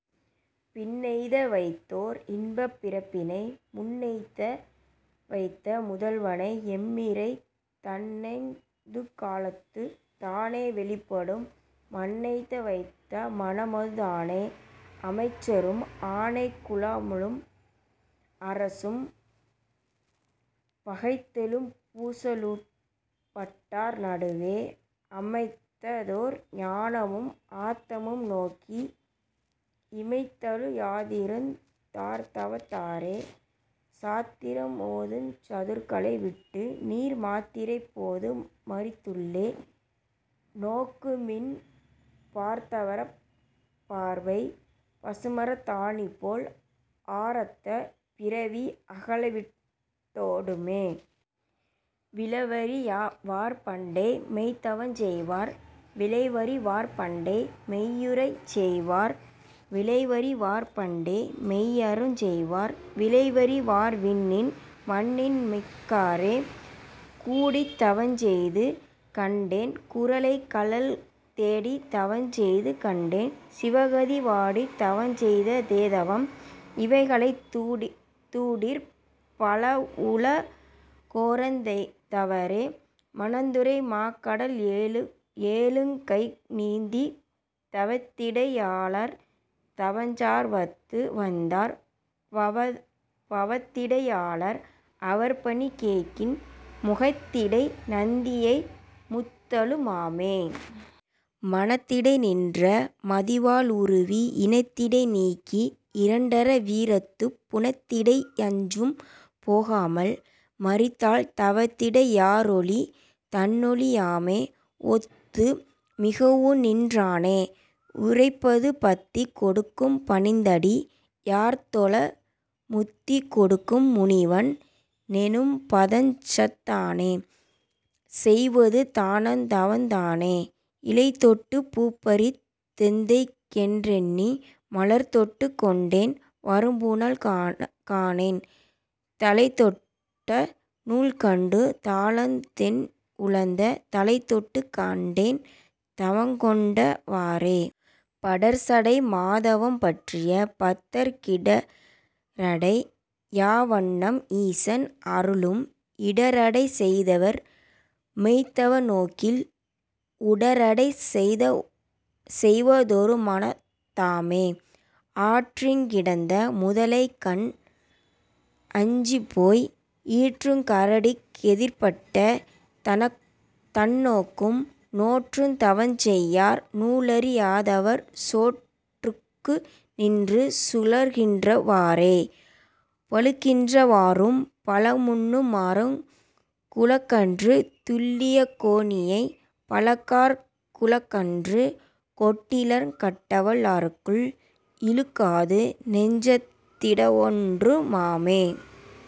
பின்னெய்த வைத்ததோர் இன்பப் பிறப்பினை முன்னெய்த வைத்த முதல்வனை எம்மிறை தன்னெய்துங் காலத்துத் தானே வெளிப்படும் மன்னெய்த வைத்த மனமது தானே. அமைச்சரும் ஆனைக் குழாமும் அரசும் பகைத்தெழும் பூசலுட் பட்டார் நடுவே அமைத்ததோர் ஞானமும் ஆத்தமும் நோக்கி இமைத்தழி யாதிருந் தார்தவத் தாரே. சாத்திரம் ஓதுஞ் சதுர்களை விட்டுநீர் மாத்திரைப் போது மறித்துள்ளே நோக்குமின் பார்த்தவப் பார்வை பசுமரத் தாணிபோல் ஆர்த்த பிறவி அகலவிட் டோடுமே. விளைவறி வார்பண்டை மெய்த்தவஞ் செய்வார் விளைவறி வார்பண்டை மெய்யுரை செய்வார் விளைவறி வார்பண்டை மெய்யறஞ் செய்வார் விளைவறி வார்விண்ணின் மண்ணின்மிக் காரே. கூடித் தவஞ்செய்து கண்டேன் குரைகழல் தேடித் தவஞ்செய்து கண்டேன் சிவகதி வாடித் தவஞ்செய்வ தேதவம் இவைகளைந் தூடிற் பலவுல கோரெத் தவரே. மனத்துரை மாகடல் ஏழுங் கைநீந்தித் தவத்திடை யாளர்தஞ் சார்வத்து வந்தார் பவத்திடை யாளர் அவர்பணி கேட்கின் முகத்திடை நந்தியை முந்தலு மாமே. மனத்திடை நின்ற மதிவாள் உருவி இனத்திடை நீக்கி இரண்டற வீர்த்துப் புனத்திடை அஞ்சும் போகாமல் மறித்தால் தவத்திடை யாறொளி தன்னொளி யாமே. ஒத்து மிகவு நின்றானை யுரைப்பது பத்தி கொடுக்கும் பணிந்தடி யார்தொழ முத்தி கொடுக்கும் முனிவன் னெனும்பதஞ் சத்தான செய்வது தான்தவந் தானே. இலைதொட்டுப் பூப்பறித் தெந்தைக்கென் றெண்ணி மலர்தொட்டுக் கொண்டேன் வரும்புனல் காணேன் தலைதொட்ட நூல்கண்டு தாழ்ந்ததென் உள்ளந் தலைதொட்டுக் கண்டேன் தவங்கொண்ட வாறே. படர்சடை மாதவம் பற்றிய பத்தர்க் கிடரடை யாவண்ணம் ஈசன் அருளும் இடரடை செய்தவர் மெய்த்தவ நோக்கில் உடரடை செய்வ தொருமனத் தாமே. ஆற்றிக் கிடந்த முதலைகண் டஞ்சிப்போய் ஈற்றுக் கரடிக் கெதிர்ப்பட்ட தன்னொக்கும் நோற்றுத் தவஞ்செய்யார் நூலறி யாதவர் சோற்றுக்கு நின்று சுழல்கின்ற வாறே. பழுக்கின்ற வாறும் பழமுண்ணு மாறுங் குழக்கன்று துள்ளியக் கோணியைப் பல்காற் குழக்கன்று கொட்டிலிற் கட்டவல் லார்க்குள் இழுக்காது நெஞ்சத் திடவொன்று மாமே.